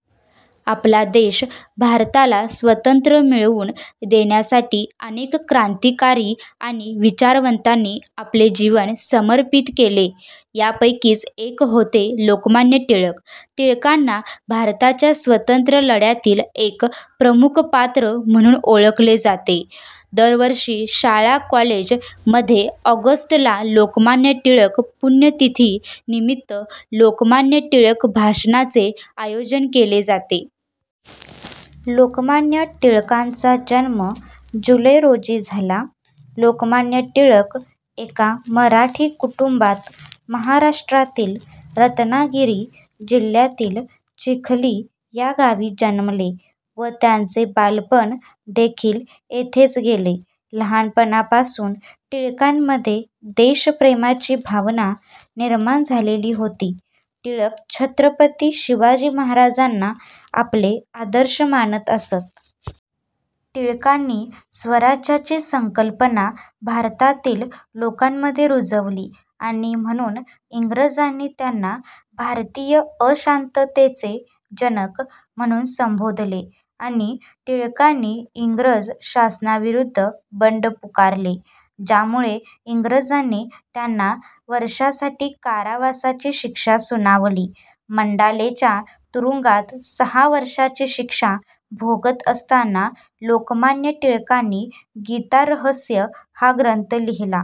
: आपला देश भारताला स्वतंत्र मिळवून देण्यासाठी अनेक क्रांतिकारी आणि विचारवंतांनी आपले जीवन समर्पित केले. यापैकीच एक होते लोकमान्य टिळक. टिळकांना भारताच्या स्वतंत्र लढ्यातील एक प्रमुख पात्र म्हणून ओळखले जाते. दरवर्षी शाळा-कॉलेज मध्ये ऑगस्ट ला लोकमान्य टिळक पुण्यतिथि निमित्त लोकमान्य टिळक भाषणाचे आयोजन केले जाते. लोकमान्य टिळकांचा जन्म जुलै रोजी झाला. लोकमान्य टिळक एका मराठी कुटुंबात महाराष्ट्रातील रत्नागिरी जिल्ह्यातील चिखली या गावी जन्मले व त्यांचे बालपण देखील येथेच गेले. लहानपणापासून टिळकांमध्ये देशप्रेमाची भावना निर्माण झालेली होती. टिळक छत्रपती शिवाजी महाराजांना आपले आदर्श मानत असत. टिळकांनी स्वराज्याची संकल्पना भारतातील लोकांमध्ये रुजवली आणि म्हणून इंग्रजांनी त्यांना 'भारतीय अशांततेचे जनक' म्हणून संबोधले आणि टिळकांनी इंग्रज शासनाविरुद्ध बंड पुकारले, ज्यामुळे इंग्रजांनी त्यांना वर्षासाठी कारावासाची शिक्षा सुनावली. मंडालेच्या तुरुंगात सहा वर्षाची शिक्षा भोगत असताना लोकमान्य टिळकांनी 'गीतारहस्य' हा ग्रंथ लिहिला.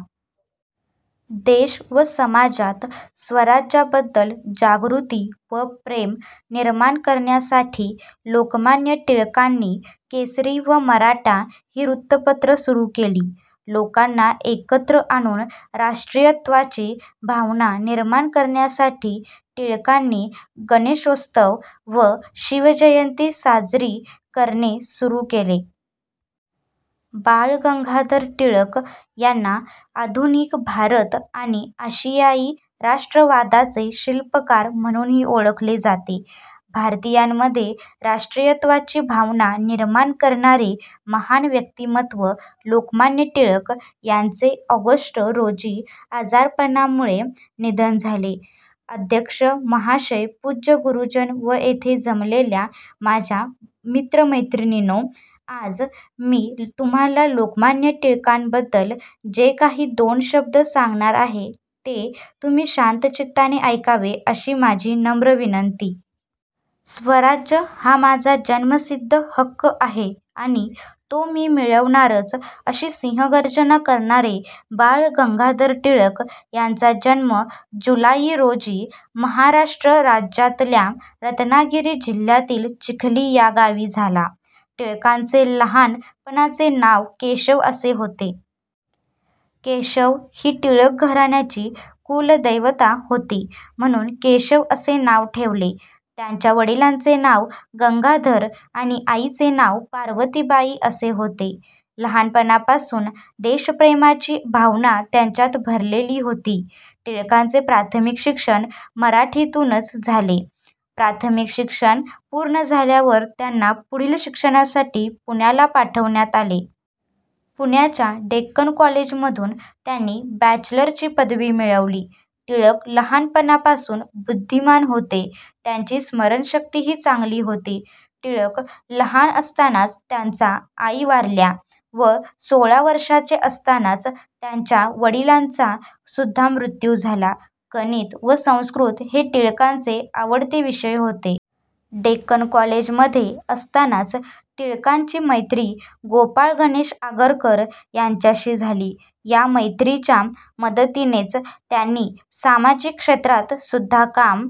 देश व समाजात स्वराज्याबद्दल जागृती व प्रेम निर्माण करण्यासाठी लोकमान्य टिळकांनी केसरी व मराठा ही वृत्तपत्र सुरू केली. लोकांना एकत्र आणून राष्ट्रीयत्वाची भावना निर्माण करण्यासाठी टिळकांनी गणेशोत्सव व शिवजयंती साजरी करणे सुरू केले. बाळ गंगाधर टिळक यांना आधुनिक भारत आणि आशियाई राष्ट्रवादाचे शिल्पकार म्हणूनही ओळखले जाते. भारतीयांमध्ये राष्ट्रीयत्वाची भावना निर्माण करणारे महान व्यक्तिमत्व लोकमान्य टिळक यांचे ऑगस्ट रोजी आजारपणामुळे निधन झाले. अध्यक्ष महाशय पूज्य गुरुजन व येथे जमलेल्या माझ्या मित्र-मैत्रिणींनो आज मी तुम्हाला लोकमान्य टिळकांन बद्दल जे काही दोन शब्द सांगणार आहे ते तुम्ही शांतचित्ताने ऐकावे अशी माझी नम्र विनंती. स्वराज्य हा माझा जन्मसिद्ध हक्क आहे आणि तो मी मिळवणारच अशी सिंहगर्जना करणारे बाळ गंगाधर टिळक यांचा जन्म जुलाई रोजी महाराष्ट्र राज्यातल्या रत्नागिरी जिल्ह्यातील चिखली या गावी झाला. टिळकांचे लहान पणाचे नाव केशव असे होते. केशव ही टिळक घराण्याची कुलदेवता होती म्हणून केशव असे नाव ठेवले. त्यांच्या वडिलांचे नाव गंगाधर आणि आईचे नाव पार्वतीबाई असे होते. लहानपणापासून देशप्रेमाची भावना त्यांच्यात भरलेली होती. टिळकांचे प्राथमिक शिक्षण मराठीतूनच झाले. प्राथमिक शिक्षण पूर्ण झाल्यावर त्यांना पुढील शिक्षणासाठी पुण्याला पाठवण्यात आले. पुण्याच्या डेक्कन कॉलेजमधून त्यांनी बॅचलर ची पदवी मिळवली. टिळक लहानपणापासून बुद्धिमान होते त्यांची स्मरणशक्ती ही चांगली होती. टिळक लहान असतानाच त्यांचा आई वारल्या व सोळा वर्षाचे असतानाच त्यांच्या वडिलांचा सुद्धा मृत्यू झाला. गणित व संस्कृत हे टिळकांचे आवडते विषय होते. डेक्कन कॉलेजमध्ये असतानाच टिळकांची मैत्री गोपाळ गणेश आगरकर यांच्याशी झाली. या मैत्रीच्या मदतीनेच त्यांनी सामाजिक क्षेत्रात सुद्धा काम